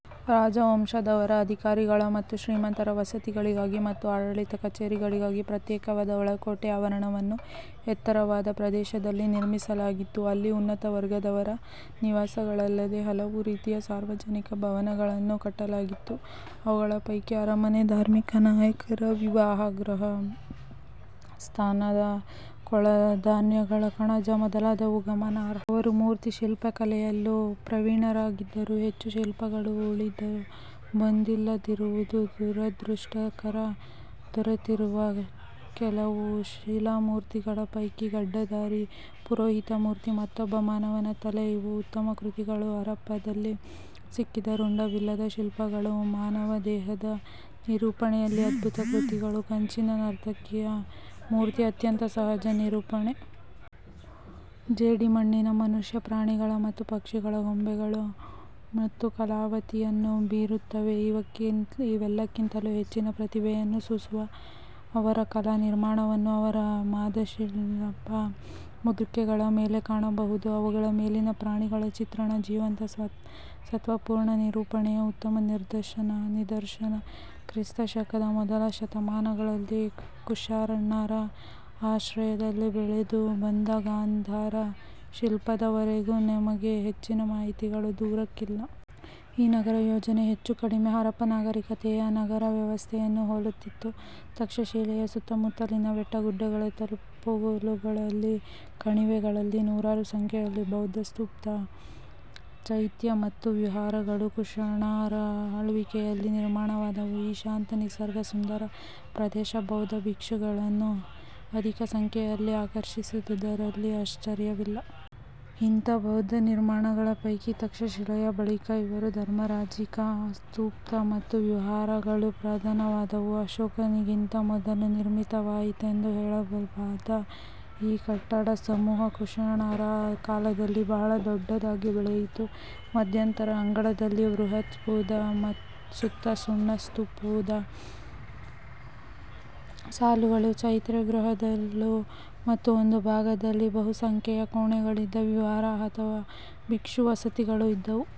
ರಾಜವಂಶದವರ, ಅಧಿಕಾರಿಗಳ ಮತ್ತು ಶ್ರೀಮಂತರ ವಸತಿಗಳಿಗಾಗಿ ಮತ್ತು ಆಡಳಿತ ಕಚೇರಿಗಳಿಗಾಗಿ ಪ್ರತ್ಯೇಕವಾದ ಒಳಕೋಟೆ ಆವರಣವನ್ನು ಎತ್ತರವಾದ ಪ್ರದೇಶದಲ್ಲಿ ನಿರ್ಮಿಸಲಾಗಿತ್ತು. ಅಲ್ಲಿ ಉನ್ನತ ವರ್ಗದವರ ನಿವಾಸಗಳಲ್ಲದೆ ಹಲವು ರೀತಿಯ ಸಾರ್ವಜನಿಕ ಭವನಗಳನ್ನು ಕಟ್ಟಲಾಗಿತ್ತು. ಅವುಗಳ ಪೈಕಿ ಅರಮನೆ, ಧಾರ್ಮಿಕ ನಾಯಕರ ವಿಹಾರಗೃಹ, ಸ್ನಾನದ ಕೊಳ, ಧಾನ್ಯಗಳ ಕಣಜ ಮೊದಲಾದವು ಗಮನಾರ್ಹ. ಅವರು ಮೂರ್ತಿಶಿಲ್ಪಕಲೆಯಲ್ಲೂ ಪ್ರವೀಣರಾಗಿದ್ದರೂ ಹೆಚ್ಚು ಶಿಲ್ಪಗಳು ಉಳಿದು ಬಂದಿಲ್ಲದಿರುವುದು ದುರದೃಷ್ಟಕರ, ದೊರೆತಿರುವ ಕೆಲವು ಶಿಲಾಮೂರ್ತಿಗಳ ಪೈಕಿ ಗಡ್ಡಧಾರಿ ಪುರೋಹಿತ ಮೂರ್ತಿ, ಮತ್ತೊಬ್ಬ ಮಾನವನ ತಲೆ ಇವು ಉತ್ತಮ ಕೃತಿಗಳು, ಹರಪ್ಪದಲ್ಲಿ ಸಿಕ್ಕಿದ ರುಂಡವಿಲ್ಲದ ಶಿಲ್ಪಗಳು ಮಾನವದೇಹದ ನಿರೂಪಣೆಯಲ್ಲಿ ಅದ್ಭುತ ಕೃತಿಗಳು. ಕಂಚಿನ ನರ್ತಕಿಯ ಮೂರ್ತಿ ಅತ್ಯಂತ ಸಹಜ ನಿರೂಪಣೆ. ಜೇಡಿಮಣ್ಣಿನ ಮನುಷ್ಯ, ಪ್ರಾಣಿಗಳ ಮತ್ತು ಪಕ್ಷಿಗಳ ಗೊಂಬೆಗಳು ಉತ್ತಮ ಕಲಾವಂತಿಕೆಯನ್ನು ಬೀರುತ್ತವೆ. ಇವೆಲ್ಲಕ್ಕಿಂತಲೂ ಹೆಚ್ಚಿನ ಪ್ರತಿಭೆಯನ್ನು ಸೂಸುವ ಅವರ ಕಲಾ ನಿರ್ಮಾಣವನ್ನು ಅವರ ಮೇದಶ್ಶಿಲಾ ಮುದ್ರಿಕೆಗಳ ಮೇಲೆ ಕಾಣಬಹುದು. ಅವುಗಳ ಮೇಲಿನ ಪ್ರಾಣಿಗಳ ಚಿತ್ರಣ ಜೀವಂತ ಸತ್ವಪೂರ್ಣ ನಿರೂಪಣೆಯ ಉತ್ತಮ ನಿದರ್ಶನ. ಕ್ರಿಸ್ತಶಕದ ಮೊದಲ ಶತಮಾನಗಳಲ್ಲಿ ಕುಷಾಣರ ಆಶ್ರಯದಲ್ಲಿ ಬೆಳೆದು ಬಂದ ಗಾಂಧಾರ ಶಿಲ್ಪದ ವರೆಗೂ ನಮಗೆ ಹೆಚ್ಚಿನ ಮಾಹಿತಿಗಳು ದೊರಕಿಲ್ಲ. ಈ ನಗರ ಯೋಜನೆ ಹೆಚ್ಚು ಕಡಿಮೆ ಹರಪ್ಪ ನಾಗರಿಕತೆಯ ನಗರ ವ್ಯವಸ್ಥೆಯನ್ನು ಹೋಲುತ್ತಿತ್ತು. ತಕ್ಷಶಿಲೆಯ ಸುತ್ತಮುತ್ತಲಿನ ಬೆಟ್ಟಗುಡ್ಡಗಳ ತಪ್ಪಲುಗಳಲ್ಲಿ, ಕಣಿವೆಗಳಲ್ಲಿ ನೂರಾರು ಸಂಖ್ಯೆಯಲ್ಲಿ ಬೌದ್ಧಸ್ತೂಪ, ಚೈತ್ಯ ಮತ್ತು ವಿಹಾರಗಳು ಕುಷಾಣರ ಆಳ್ವಿಕೆಯಲ್ಲಿ ನಿರ್ಮಾಣವಾದವು. ಈ ಶಾಂತ, ನಿಸರ್ಗ ಸುಂದರ ಪ್ರದೇಶ ಬೌದ್ಧ ಭಿಕ್ಷುಗಳನ್ನು ಅಧಿಕ ಸಂಖ್ಯೆಯಲ್ಲಿ ಆಕರ್ಷಿಸಿದುದರಲ್ಲಿ ಆಶ್ಚರ್ಯವಿಲ್ಲ. ಇಂಥ ಬೌದ್ಧ ನಿರ್ಮಾಣಗಳ ಪೈಕಿ ತಕ್ಷಶಿಲೆಯ ಬಳಿ ಇರುವ ಧರ್ಮರಾಜಿಕ ಸ್ತೂಪ ಮತ್ತು ವಿಹಾರಗಳು ಪ್ರಧಾನವಾದವು. ಅಶೋಕನಿಗಿಂತ ಮೊದಲು ನಿರ್ಮಿತವಾಯಿತೆಂದು ಹೇಳಲಾದ ಈ ಕಟ್ಟಡ ಸಮೂಹ ಕುಷಾಣರ ಕಾಲದಲ್ಲಿ ಬಹಳ ದೊಡ್ಡದಾಗಿ ಬೆಳೆಯಿತು. ಮಧ್ಯದ ಅಂಗಣದಲ್ಲಿ ಬೃಹತ್ಸ್ತೂಪ, ಸುತ್ತ ಸಣ್ಣ ಸ್ತೂಪಗಳ ಸಾಲುಗಳು ಚೈತ್ಯಗೃಹಗಳು ಮತ್ತು ಒಂದು ಭಾಗದಲ್ಲಿ ಬಹುಸಂಖ್ಯೆಯ ಕೋಣೆಗಳಿದ್ದ ವಿಹಾರ ಅಥವಾ ಭಿಕ್ಷು ವಸತಿಗಳು ಇದ್ದುವು.